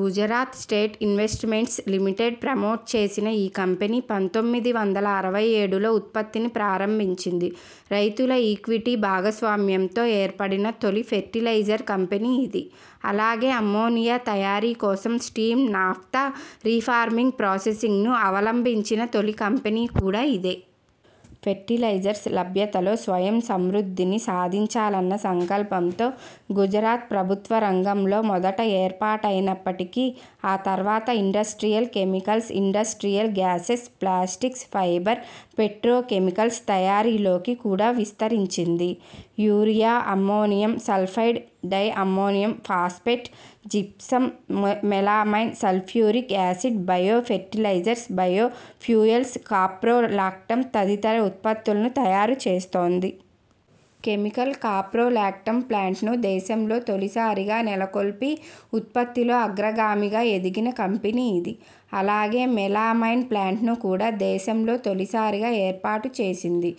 Gujarat state investments limited promote చేసిన ఈ company పంతొమ్మిది వందల అరవై ఏడులో ఉత్పత్తిని ప్రారంభించింది. రైతుల ఈక్విటీ భాగస్వామ్యంతో ఏర్పడిన తొలి ఫెర్టిలైజర్ కంపెనీ ఇది. అలాగే అమ్మోనియా తయారీ కోసం స్టీమ్ నాఫ్తా రిఫార్మింగ్ ప్రాసెసింగ్ను అవలంబించిన తొలి కంపెనీ కూడా ఇదే. ఫెర్టిలైజర్స్ లభ్యతలో స్వయం సమృద్ధిని సాధించాలన్న సంకల్పంతో గుజరాత్ ప్రభుత్వ రంగంలో మొదట ఏర్పాటైనప్పటికీ ఆ తర్వాత industrial chemicals, industrial gases, plastics, fibre, petrochemicals తయారీలోకి కూడా విస్తరించింది. Urea, ammonium, sulphide, di ammonium phosphate, gypsum, melamine, sulphuric acid, bio fertilisers, bio fuels, caprolactam తదితర ఉత్పత్తులను తయారు చేస్తోంది. కెమికల్ కాప్రోలాక్టమ్ ప్లాంట్స్ను దేశంలో తొలిసారిగా నెలకొల్పి ఉత్పత్తిలో అగ్రగామిగా ఎదిగిన కంపెనీ ఇది. అలాగే మెలామైన్ ప్లాంట్ను కూడా దేశంలో తొలిసారిగా ఏర్పాటు చేసింది.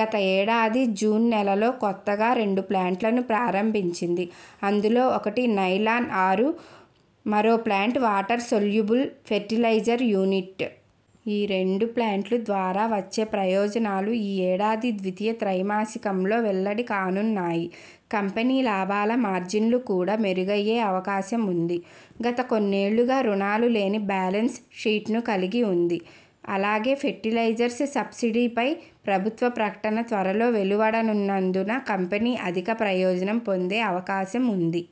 గత ఏడాది జూన్ నెలలో కొత్తగా రెండు ప్లాంట్లను ప్రారంభించింది. అందులో ఒకటి నైలాన్-ఆరు. మరో plant water soluble fertiliser unit. ఈ రెండు ప్లాంట్ల ద్వారా వచ్చే ప్రయోజనాలు ఈ ఏడాది ద్వితీయ త్రైమాసికంలో వెల్లడి కానున్నాయి. కంపెనీ లాభాల మార్జిన్లు కూడా మెరుగయ్యే అవకాశం ఉంది. గత కొన్నేళ్లుగా రుణాలు లేని బ్యాలెన్స్ షీట్ను కలిగి ఉంది. అలాగే ఫెర్టిలైజర్స్ సబ్సిడీపై ప్రభుత్వ ప్రకటన త్వరలో వెలువడనున్నందున కంపెనీ అధిక ప్రయోజనం పొందే అవకాశం ఉంది.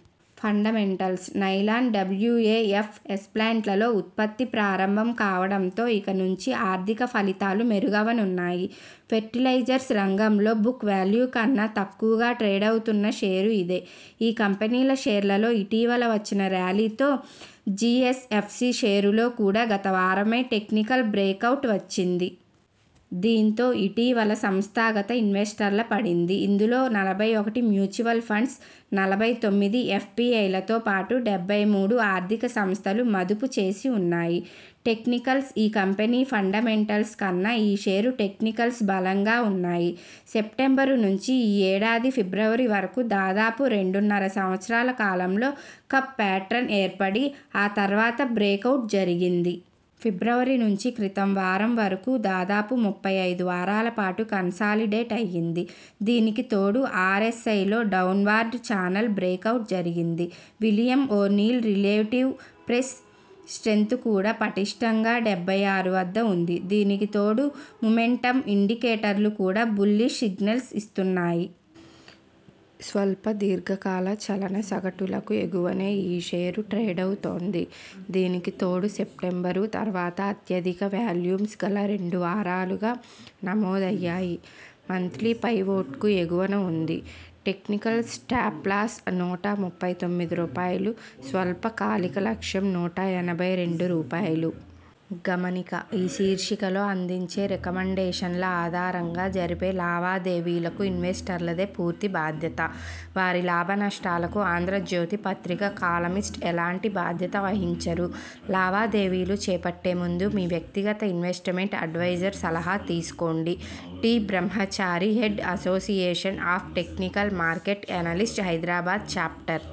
ఫండమెంటల్స్. నైలాన్, డబ్ల్యుఎఎఫ్ఎస్ప్లాంట్లలో ఉత్పత్తి ప్రారంభం కావటంతో ఇక నుంచి ఆర్థిక ఫలితాలు మెరుగవనున్నాయి. ఫెర్టిలైజర్స్ రంగంలో బుక్ వాల్యూ కన్నా తక్కువగా ట్రేడవుతున్న షేరు ఇదే. ఈ కంపెనీల షేర్లలో ఇటీవల వచ్చిన ర్యాలీతో జిఎస్ఎఫ్సి షేరులో కూడా గత వారమే టెక్నికల్ బ్రేకౌట్ వచ్చింది. దీంతో ఇటీవల సంస్థాగత ఇన్వెస్టర్ల పడింది. ఇందులో నలభై ఒకటి మ్యూచువల్ ఫండ్స్, నలభై తొమ్మిది ఎఫ్పిఐలతో పాటు డెబ్బై మూడు ఆర్థిక సంస్థలు మదుపు చేసి ఉన్నాయి. టెక్నికల్స్.. ఈ కంపెనీ ఫండమెంటల్స్ కన్నా ఈ షేరు టెక్నికల్స్ బలంగా ఉన్నాయి. సెప్టెంబరు, నుంచి ఈ ఏడాది ఫిబ్రవరి వరకు దాదాపు రెండున్నర సంవత్సరాల కాలంలో కప్ ప్యాట్రన్ ఏర్పడి ఆ తర్వాత బ్రేకౌట్ జరిగింది. ఫిబ్రవరి నుంచి క్రితం వారం వరకు దాదాపు ముప్పై ఐదు వారాల పాటు కన్సాలిడేట్ అయ్యింది. దీనికి తోడు ఆర్ఎ్సఐలో డౌన్వార్డ్ చానల్ బ్రేకవుట్ జరిగింది. William O'Neil relative price strength కూడా పటిష్ఠంగా డెబ్బై ఆరు వద్ద ఉంది. దీనికి తోడు మూమెంటమ్ ఇండికేటర్లు కూడా బుల్లిష్ సిగ్నల్స్ ఇస్తున్నాయి. స్వల్ప, దీర్ఘకాల చలన సగటులకు ఎగువనే ఈ షేరు ట్రేడవుతోంది. దీనికి తోడు సెప్టెంబరు, తర్వాత అత్యధిక వాల్యూమ్స్ గత రెండు వారాలుగా నమోదయ్యాయి. మంత్లీ పైవోట్కు ఎగువన ఉంది. టెక్నికల్ స్టాప్లాస్ నూట ముప్పై తొమ్మిది రూపాయలు. స్వల్పకాలిక లక్ష్యం నూట ఎనభై రెండు రూపాయలు. గమనిక ఈ శీర్షికలో అందించే రికమండేషన్ల ఆధారంగా జరిపే లావాదేవీలకు ఇన్వెస్టర్లదే పూర్తి బాధ్యత. వారి లాభనష్టాలకు ఆంధ్రజ్యోతి పత్రిక, కాలమిస్ట్ ఎలాంటి బాధ్యత వహించరు. లావాదేవీలు చేపట్టే ముందు మీ వ్యక్తిగత ఇన్వెస్ట్మెంట్ అడ్వైజర్ సలహా తీసుకోండి. T Brahmachari head, association of technical market analyst, Hyderabad chapter